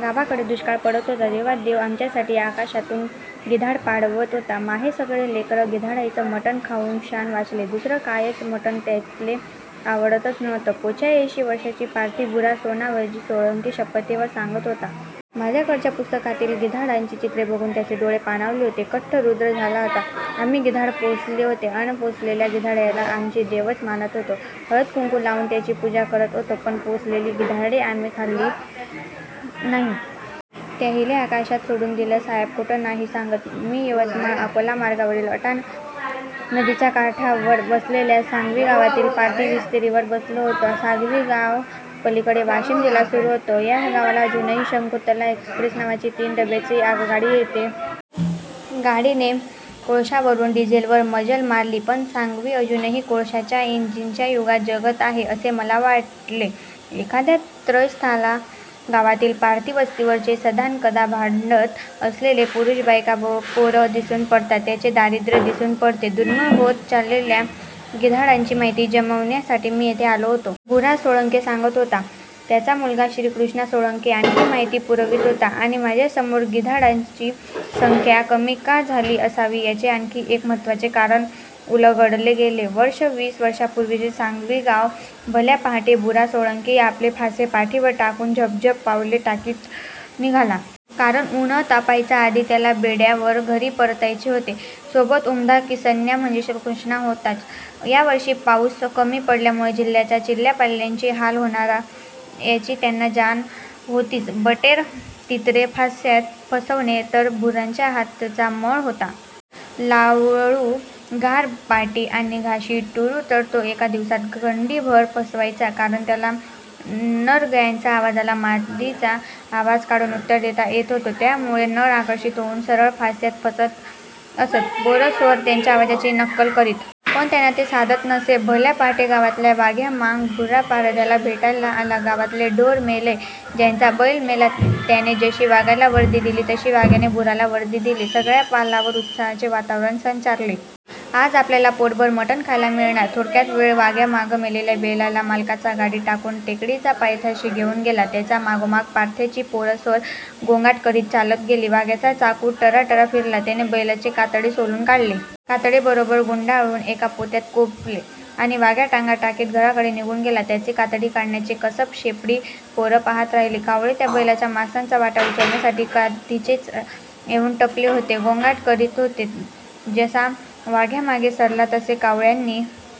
गावाकडे दुष्काळ पडत होता तेव्हा देव आमच्यासाठी आकाशातून गिधाडं पाठवत होता. माहे सगळे लेकरं गिधाडायचं मटण खाऊनशान वाचले. दुसरं कायचं मटण त्यायले आवडतच नव्हतं. पंच्याऐंशी वर्षांचा पारधी भुरा सोनावजी सोळंकी शपथेवर सांगत होता. माझ्याकडच्या पुस्तकातील गिधाडांची चित्रे बघुन त्याचे डोळे पाणावले होते. कंठ रुद्ध झाला होता. आम्ही गिधाडं पोसले होते अन पोसलेल्या गिधाडायला आमी देवच मानत होतो. हळदकुंकू लावून त्यांची पूजा करत होतो. पण पोसलेली गिधाडे आम्ही खाल्ली नाही. त्याहिले आकाशात सोडून दिलं साहेब. खोटं नाही सांगत. मी यवतमाळ अकोला मार्गावरील अडाण नदीच्या काठावर वसलेल्या सांगवी गावातील पारधी वस्तीवर बसलो होतो. सांगवी गावापलीकडे वाशिम जिल्हा सुरू होतो. या गावाला अजूनही शकुंतला एक्सप्रेस नावाची तीन डब्याची आगगाडी येते. गाडीने कोळशावरून डिझेलवर मजल मारली पण सांगवी अजूनही कोळशाच्या इंजिनच्या युगात जगत आहे असे मला वाटले. एखाद्या त्रयस्थाला गावातील पारधी वस्तीवरचे सदानकदा भांडत असलेले पुरुष बायकापोरं दिसून पडतात. त्यांचे दारिद्र्य दिसून पडते. दुर्मिळ होत चाललेल्या गिधाडांची माहिती जमविण्यासाठी मी येथे आलो होतो. भुरा सोळंके सांगत होता. त्याचा मुलगा श्रीकृष्णा सोळंके आणखी माहिती पुरवीत होता. आणि माझ्यासमोर गिधाडांची संख्या कमी का झाली असावी याचे आणखी एक महत्त्वाचे कारण उलगडले गेले! वर्ष. वीस वर्षांपूर्वीचे सांगवी गाव. भल्या पहाटे भुरा सोळंकी आपले फासे पाठीवर टाकून झपझप पावले टाकीत निघाला. कारण उन्हं तापायाच्या आधी त्याला बेड्यावर घरी परतायचे होते. सोबत उमदा कीसन्या म्हणजे श्रीकृष्णा होताच. यावर्षी पाऊस कमी पडल्यामुळे जिल्ह्यात चिल्ल्यापाल्यांचे हाल होणार याची त्यांना जाण होतीच. बटेर, तितरे फास्यात फसवणे तर भुराच्या हातचा मळ होता. लावळू, घागरबाटी आणि घाशी टुरु तर तो एका दिवसात खंडीभर फसवायचा. कारण त्याला नरग्याच्या आवाजाला मादीचा आवाज काढून उत्तर देता येत होते. त्यामुळे नर आकर्षित होऊन सरळ फास्यात फसत असत. पोरंसोरं त्याच्या आवाजाची नक्कल करीत. पण त्यांना ते साधत नसे. भल्या पहाटे गावातला वाघ्या मांग भुरा पारध्याला भेटायला आला. गावातले ढोर मेलेय. ज्याचा बैल मेला त्याने जशी वाघ्याला वर्दी दिली तशी वाघ्याने भुराला वर्दी दिली. सगळ्या पालावर उत्साहाचे वातावरण संचारले. आज आपल्याला पोटभर मटन खायला मिळणार. थोड्याच वेळात वाघ्या मांग मेलेल्या बैलाला मालकाच्या गाडीत टाकून टेकडीच्या पायथ्याशी घेऊन गेला. त्याच्या मागोमाग पारध्यांची पोरंसोरं गोंगाट करीत चालत गेली. वाघ्याचा चाकू टराटरा फिरला. त्याने बैलाचे कातडे सोलून काढले. कातडे बरोबर गुंडाळून एका पोत्यात कोंबले आणि वाघ्या टांगा टाकीत घराकडे निघून गेला. त्याचे कातडी काढण्याचे कसब शेंबडी पोरं पहात राहिली. कावळे त्या बैलाच्या मांसाचा वाटा उचलण्यासाठी कधीचेच येऊन टपले होते. गोंगाट करीत होते. जसा वाघ्या मागे सरला तसे कावळ्यांनी